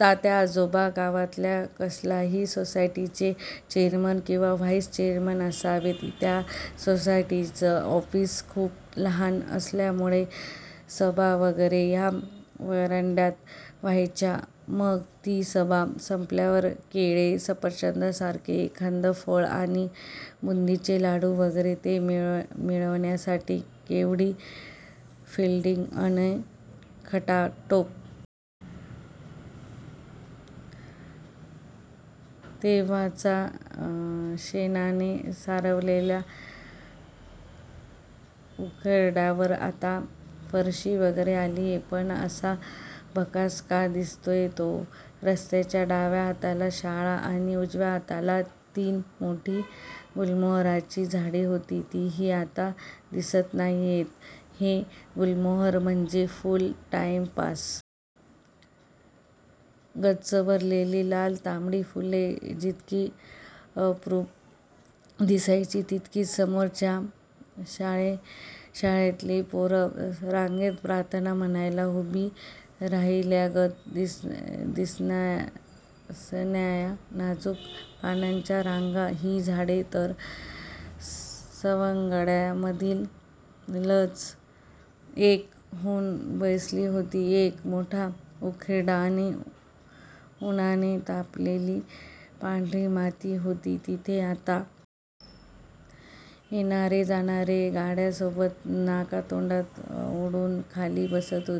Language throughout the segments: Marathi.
तात्या आजोबा गावातल्या कसल्याशा सोसायटीचे चेअरमन की व्हाईस चेअरमन असावेत. त्या सोसायटीचं ऑफिस खुप लहान असल्यामूळे सभा वगैरे या व्हरांड्यात व्हायच्या. मग ती सभा संपल्यावर केळे-सफरचंदासारखं एखादं फळ आणि बुंदीचे लाडू वगैरे. ते मिळवण्यासाठी केवढी फिल्डिंग अन खटाटोप. तेव्हाचा शेणाने सारवललेल्या व्हरांड्यावर आता फरशी वगैरे आलीय. पण असा भकास का दिसतोय तो? रस्त्याच्या डाव्या हाताला शाळा आणि उजव्या हाताला तीन मोठी गुलमोहराची झाडे होती. तीही आता दिसत नाहीयेत. हे गुलमोहर म्हणजे फुल टाईमपास. गच्च भरलेली लाल तांबडी फुले जितकी अप्रूप दिसायची, तितकीच समोरच्या शाळेतली पोरं रांगेत प्रार्थना म्हणायला उभी राहिल्यागत दिसणाया नाजूक पानांच्या रांगा. ही झाडे तर सवंगड्यांमधलीच एक होऊन बसली होती. एक मोठा उकिरडा अन उन्हाने तापलेली पांढरी माती होती तिथे आता. येणार्या जाणार्या गाड्यांसोबत नाकातोंडात उडून खाली बसत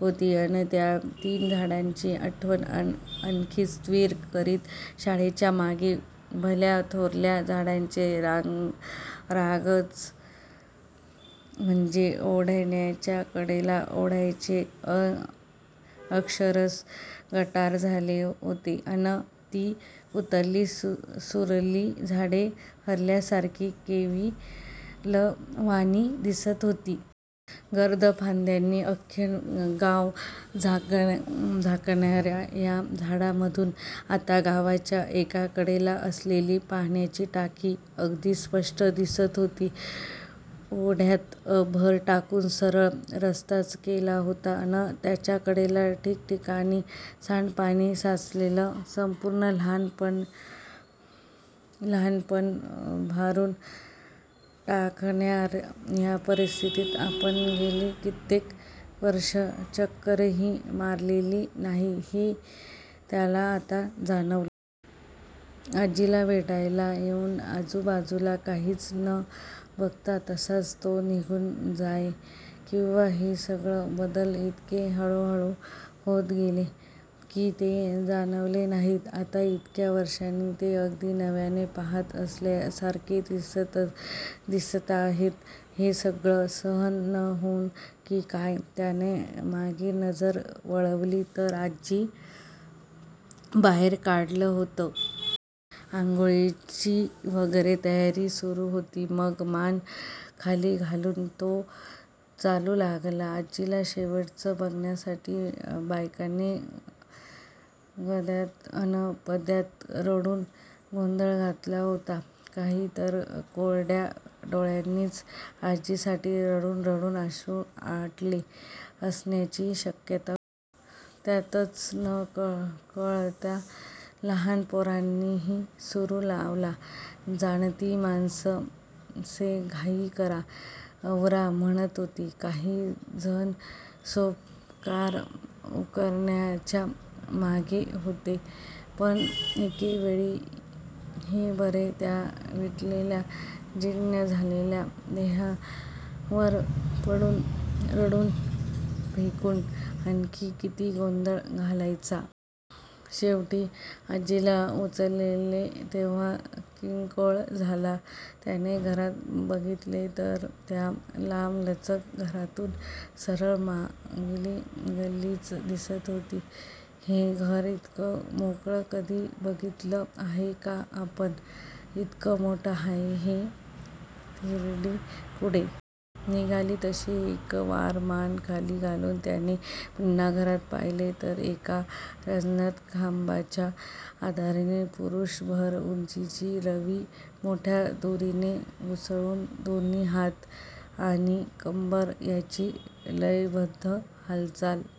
होती, अन त्या तीन झाडांची आठवण आणखीच तीव्र करीत. शाळेच्या मागे भल्या थोरल्या झाडांची रांग रागच. म्हणजे ओढ्याच्या कडेला. ओढ्याचे अक्षरशः गटार झाले होते अन ती उरलीसुरली झाडे हरल्यासारखी, केविलवाणी दिसत होती. गर्द फांद्यांनी अख्खे गाव झका झाकणार्या या झाडांमधून आता गावाच्या एकाकडेला असलेली पाण्याची टाकी अगदी स्पष्ट दिसत होती. ओड्यात भर टाकून सरळ रस्ताच केला होता, अन त्याच्याकडेला ठिकठिकाणी सांडपाणी साचलेलं. संपूर्ण लहाणपण भारून टाकणार्या या परिसरात आपण गेली कित्येक वर्षे चक्करही मारलेली नाही, हे त्याला आता जाणवलं. आजीला भेटायला येऊन आजूबाजूला काहीच न बघता तसाच तो निघून जाई. किंवा हे सगळे बदल इतके हळूहळू होत गेले, की ते जाणवले नाहीत. आता इतक्या वर्षांनी ते अगदी नव्याने पाहत असल्यासारखे दिसताहेत. हे सगळं सहन न होऊन की काय, त्यानं मागे नजर वळवली, तर आजीला बाहेर काढलं होतं. आंघोळीची वगैरे तयारी सुरू होती. मग मान खाली घालून तो चालू लागला. आजीला शेवटचं बघण्यासाठी. बायकांनी गद्यात अन पद्यात रडून गोंधळ घातला होता. काही तर कोरड्या डोळ्यांनीच. आजीसाठी रडून रडून अश्रू आटले असण्याचीही शक्यता होती. त्यातच न-कळत्या लहान पोरांनीही सुर लावला. जाणती माणसे घाई करा, आवरा म्हणत होती. काही जण सोपस्कार उरकण्याच्या मागे होते. पण एकवेळ हे बरे. त्या विटलेल्या, जीर्ण झालेल्या देहावर पडून, रडून भेकून, आणखी किती गोंधळ घालायचा? शेवटी आजीला उचलले तेव्हा कल्लोळ झाला. त्याने घरात बघितले, तर त्या लांबलचक घरातून सरळ मागली गल्लीच दिसत होती. हे घर इतकं मोकळं कधी बघितलं आहे का आपण? इतकं मोठं आहे हे? तिरडी पुढे निघाली, तशी एकवार मान खाली घालून त्याने पुन्हा घरात पाहिले, तर एका रांजणात खांबाच्या आधाराने पुरुषभर उंचीची रवी मोठ्या दोरीने घुसळून, दोन्ही हात आणि कंबर यांची लयबध्द हालचाल--